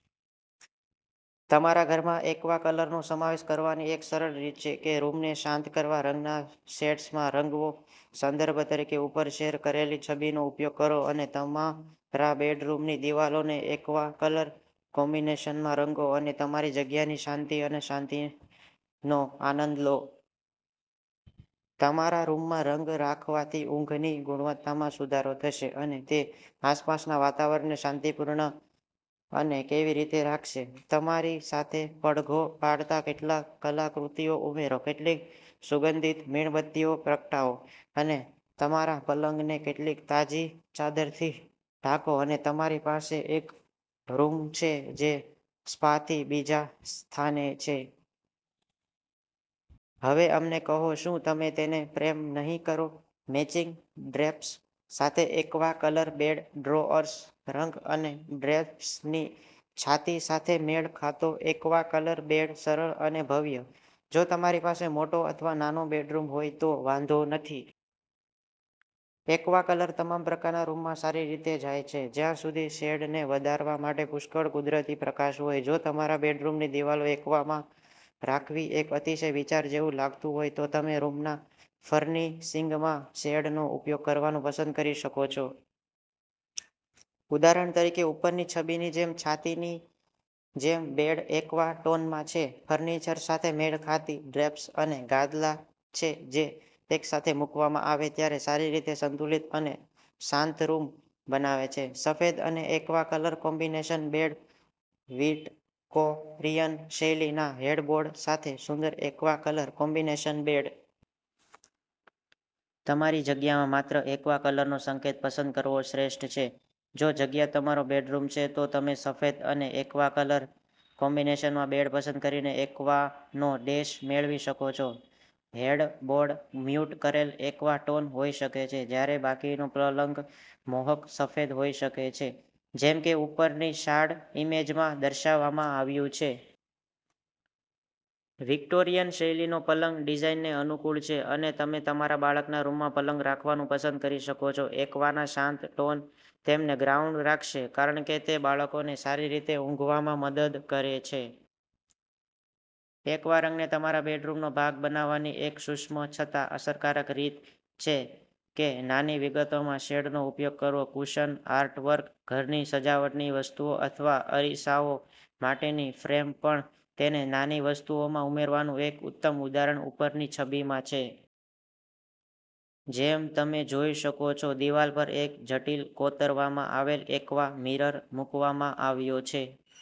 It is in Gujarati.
તમારા ઘરમાં એક્વા કલરનો સમાવેશ કરવાની એક સરળ રીત છે કે રૂમને શાંત કરતા રંગના શેડ્સમાં રંગવો. સંદર્ભ તરીકે ઉપર શેર કરેલી છબીનો ઉપયોગ કરો અને તમારા બેડરૂમની દિવાલોને એક્વા કલર કોમ્બિનેશનમાં રંગો અને તમારી જગ્યાની શાંતિ અને શાંતિનો આનંદ લો. તમારા રૂમમાં રંગ રાખવાથી ઊંઘની ગુણવત્તામાં સુધારો થશે અને તે આસપાસના વાતાવરણને શાંતિપૂર્ણ અને કેવી રીતે રાખશે. તમારી સાથે પડઘો પાડતા કેટલાક કલાકૃતિઓ ઉમેરો, કેટલીક સુગંધિત મીણબત્તીઓ પ્રગટાવો, અને તમારા પલંગને કેટલીક તાજી ચાદરથી ઢાંકોઅને તમારી પાસે એક રૂમ છે જે સ્પાથી બીજા સ્થાને છે. હવે અમને કહો, શું તમે તેને પ્રેમ નહીં કરો? મેચિંગ ડ્રેપ્સ સાથે aqua colour bed drawers, rug અને ડ્રેપ્સની છાતી સાથે મેળ ખાતો એક્વા કલર બેડ સરળ અને ભવ્ય. જો તમારી પાસે મોટો અથવા નાનો બેડરૂમ હોય તો વાંધો નથી. એક્વા કલર તમામ પ્રકારના રૂમમાં સારી રીતે જાય છે જ્યાં સુધી શેડને વધારવા માટે પુષ્કળ કુદરતી પ્રકાશ હોય. જો તમારા બેડરૂમની દીવાલો એક્વામાં રાખવી એક અતિશય વિચાર જેવું લાગતું હોય, તો તમે રૂમના ફર્નિશિંગમાં શેડનો ઉપયોગ કરવાનું પસંદ કરી શકો છો. ઉદાહરણ તરીકે, ઉપરની છબીની જેમ છાતીની જેમ બેડ એક્વા ટોનમાં છે. ફર્નિચર સાથે મેળ ખાતી ડ્રેપ્સ અને ગાદલા છે જે એકસાથે મૂકવામાં આવે ત્યારે સારી રીતે સંતુલિત અને શાંત રૂમ બનાવે છે. સફેદ અને aqua colour combination bed Victorian શૈલીના હેડબોર્ડ સાથે સુંદર એક્વા કલર કોમ્બિનેશન બેડ. તમારી જગ્યામાં માત્ર એક્વા કલરનો સંકેત પસંદ કરવો શ્રેષ્ઠ છે. જો જગ્યા તમારો બેડરૂમ છે, તો તમે સફેદ અને એક્વા કલર કોમ્બિનેશનમાં બેડ પસંદ કરીને એક્વાનો ડૅશ મેળવી શકો છો. હેડબોર્ડ મ્યૂટ કરેલ એક્વા ટોન હોઈ શકે છે જ્યારે બાકીનો પલંગ મોહક સફેદ હોઈ શકે છે જેમ કે ઉપરની શાર્ડ ઈમેજમાં દર્શાવવામાં આવ્યું છે. વિક્ટોરિયન શૈલીનો પલંગ ડિઝાઇનને અનુકૂળ છે અને તમે તમારા બાળકના રૂમમાં પલંગ રાખવાનું પસંદ કરી શકો છો. એક્વાના શાંત ટોન તેમને ગ્રાઉન્ડ રાખશે કારણ કે તે બાળકોને સારી રીતે ઊંઘવામાં મદદ કરે છે. એક્વા રંગને તમારા બેડરૂમનો ભાગ બનાવવાની એક સૂક્ષ્મ છતાં અસરકારક રીત છે કે નાની વિગતોમાં શેડનો ઉપયોગ કરવો. કુશન, આર્ટવર્ક, ઘરની સજાવટની વસ્તુઓ અથવા અરીસાઓ માટેની ફ્રેમ પણ. તેને નાની વસ્તુઓમાં ઉમેરવાનું એક ઉત્તમ ઉદાહરણ ઉપરની છબીમાં છે. જેમ તમે જોઈ શકો છો, દિવાલ પર એક જટિલ કોતરવામાં આવેલ એક્વા મિરર મૂકવામાં આવ્યો છે.